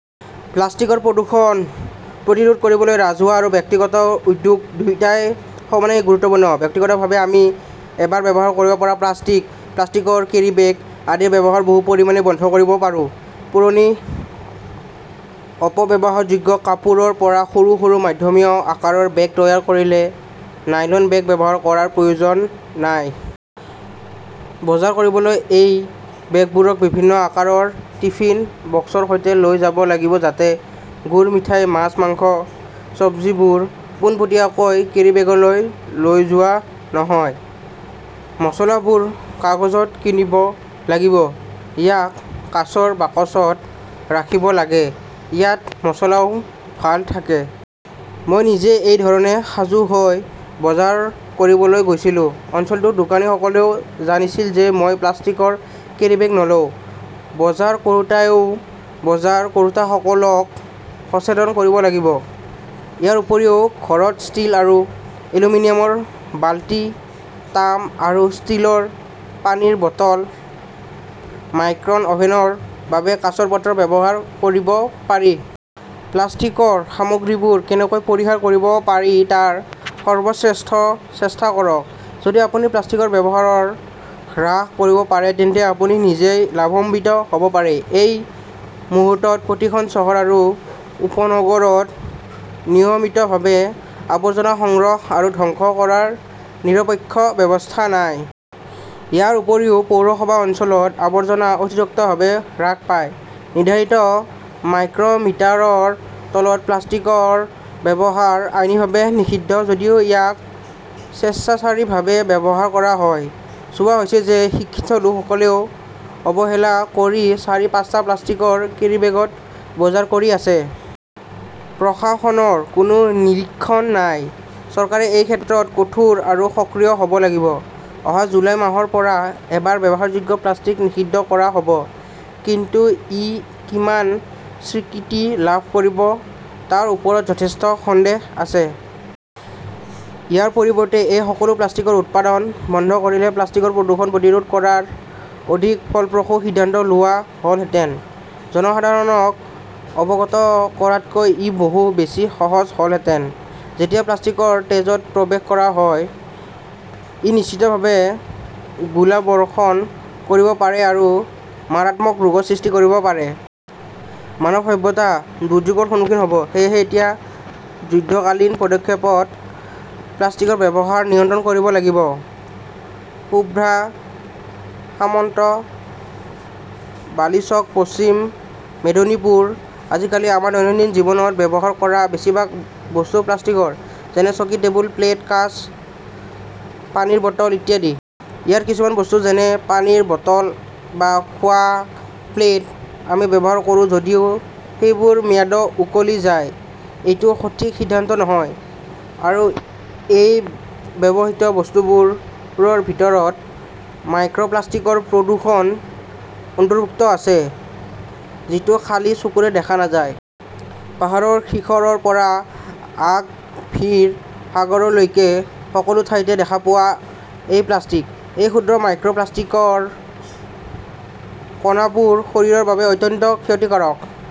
প্লাষ্টিকৰ প্ৰদূষণ প্ৰতিৰোধ কৰিবলৈ ৰাজহুৱা আৰু ব্যক্তিগত উদ্যোগ দুয়োটাই সমানেই গুৰুত্বপূৰ্ণ। ব্যক্তিগতভাৱে আমি এবাৰ ব্যৱহাৰ কৰিব পৰা প্লাষ্টিক, প্লাষ্টিকৰ কেৰিবেগ আদিৰ ব্যৱহাৰ বহু পৰিমাণে বন্ধ কৰিব পাৰোঁ। পুৰণি অপব্যৱহাৰযোগ্য কাপোৰৰ পৰা সৰু সৰু মধ্যমীয়া আকাৰৰ বেগ তৈয়াৰ কৰিলে নাইলন বেগ ব্যৱহাৰ কৰাৰ প্ৰয়োজন নাই। বজাৰ কৰিবলৈ, এই বেগবোৰক বিভিন্ন আকাৰৰ টিফিন বক্সৰ সৈতে লৈ যাব লাগিব যাতে গুড়, মিঠাই, মাছ, মাংস, চীজবোৰ পোনপটীয়াকৈ কেৰিব্যাগলৈ লৈ যোৱা নহয়। মচলাবোৰ কাগজত কিনিব লাগিব। ইয়াক কাঁচৰ বাকচত ৰাখিব লাগে, ইয়াত মছলাও ভাল থাকে। মই নিজেই এই ধৰণে সাজু হৈ বজাৰ কৰিবলৈ গৈছিলো। অঞ্চলটোৰ দোকানীসকলেও জানিছিল যে মই প্লাষ্টিকৰ কেৰীবেগ নলওঁ। বজাৰ কৰোঁতাইও বজাৰ কৰোঁতাসকলক সচেতন কৰিব লাগিব। ইয়াৰ উপৰিও ঘৰত ষ্টীল আৰু এলুমিনিয়ামৰ বালতি, তাম আৰু ষ্টীলৰ পানীৰ বটল, মাইক্ৰঅভেনৰ বাবে কাঁচৰ পাত্ৰ ব্যৱহাৰ কৰিব পাৰি। প্লাষ্টিকৰ সামগ্ৰীবোৰ কেনেকৈ পৰিহাৰ কৰিব পাৰি তাৰ সৰ্বশ্ৰেষ্ঠ চেষ্টা কৰক। যদি আপুনি প্লাষ্টিকৰ ব্যৱহাৰ হ্ৰাস কৰিব পাৰে তেন্তে আপুনি নিজেই লাভান্বিত হ'ব পাৰে। এই মুহূৰ্তত প্ৰতিখন চহৰ আৰু উপনগৰত নিয়মিতভাৱে আৱৰ্জনা সংগ্ৰহ আৰু ধ্বংস কৰাৰ নিৰপেক্ষ ব্যৱস্থা নাই। ইয়াৰ উপৰিও পৌৰসভা অঞ্চলত আৱৰ্জনা অতিৰিক্তভাৱে হ্ৰাস পায়। নিৰ্ধাৰিত মাইক্ৰমিটাৰৰ তলৰ প্লাষ্টিকৰ ব্যৱহাৰ আইনীভাৱে নিষিদ্ধ যদিও ইয়াক স্বেচ্ছাচাৰীভাৱে ব্যৱহাৰ কৰা হয়। চোৱা হৈছে যে শিক্ষিত লোকসকলেও অৱহেলা কৰি চাৰি-পাঁচটা প্লাষ্টিকৰ কেৰীবেগত বজাৰ কৰি আছে। প্ৰশাসনৰ কোনো নিৰীক্ষণ নাই। চৰকাৰে এই ক্ষেত্ৰত কঠোৰ আৰু সক্ৰিয় হ'ব লাগিব। অহা জুলাই মাহৰ পৰা এবাৰ ব্যৱহাৰযোগ্য প্লাষ্টিক নিষিদ্ধ কৰা হ'ব। কিন্তু ই কিমান স্বীকৃতি লাভ কৰিব তাৰ ওপৰত যথেষ্ট সন্দেহ আছে। ইয়াৰ পৰিৱৰ্তে, এই সকলো প্লাষ্টিকৰ উৎপাদন বন্ধ কৰিলে প্লাষ্টিকৰ প্ৰদূষণ প্ৰতিৰোধ কৰাৰ অধিক ফলপ্ৰসূ সিদ্ধান্ত লোৱা হ'লহেঁতেন। জনসাধাৰণক অৱগত কৰাতকৈ ই বহু বেছি সহজ হ'লহেঁতেন। যেতিয়া প্লাষ্টিকৰ তেজত প্ৰৱেশ কৰা হয়, ই নিশ্চিতভাৱে গোলাবৰ্ষণ কৰিব পাৰে আৰু মাৰাত্মক ৰোগৰ সৃষ্টি কৰিব পাৰে। মানৱ সভ্যতা দুৰ্যোগৰ সন্মুখীন হ'ব। সেয়েহে এতিয়া যুদ্ধকালীন পদক্ষেপত প্লাষ্টিকৰ ব্যৱহাৰ নিয়ন্ত্ৰণ কৰিব লাগিব। শুভ্ৰা সামন্ত বালিচক, পশ্চিম মেদিনীপুৰ আজিকালি আমাৰ দৈনন্দিন জীৱনত ব্যৱহাৰ কৰা বেছিভাগ বস্তু প্লাষ্টিকৰ। যেনে চকী, টেবুল, প্লেট, কাঁচ, পানীৰ বটল ইত্যাদি। ইয়াৰে কিছুমান বস্তু, যেনে পানীৰ বটল বা খোৱা প্লেট, আমি ব্যৱহাৰ কৰোঁ যদিও সেইবোৰ ম্যাদ উকলি যায়। এইটো সঠিক সিদ্ধান্ত নহয়। আৰু এই ব্যৱহৃত বস্তুবোৰৰ ভিতৰত মাইক্ৰপ্লাষ্টিকৰ প্ৰদূষণ অন্তৰ্ভুক্ত আছে, যিটো খালী চকুৰে দেখা নাযায়। পাহাৰৰ শিখৰৰ পৰা অগভীৰ সাগৰলৈকে সকলো ঠাইতে দেখা পোৱা এই প্লাষ্টিক। এই ক্ষুদ্ৰ মাইক্ৰপ্লাষ্টিকৰ কণাবোৰ শৰীৰৰ বাবে অত্যন্ত ক্ষতিকাৰক।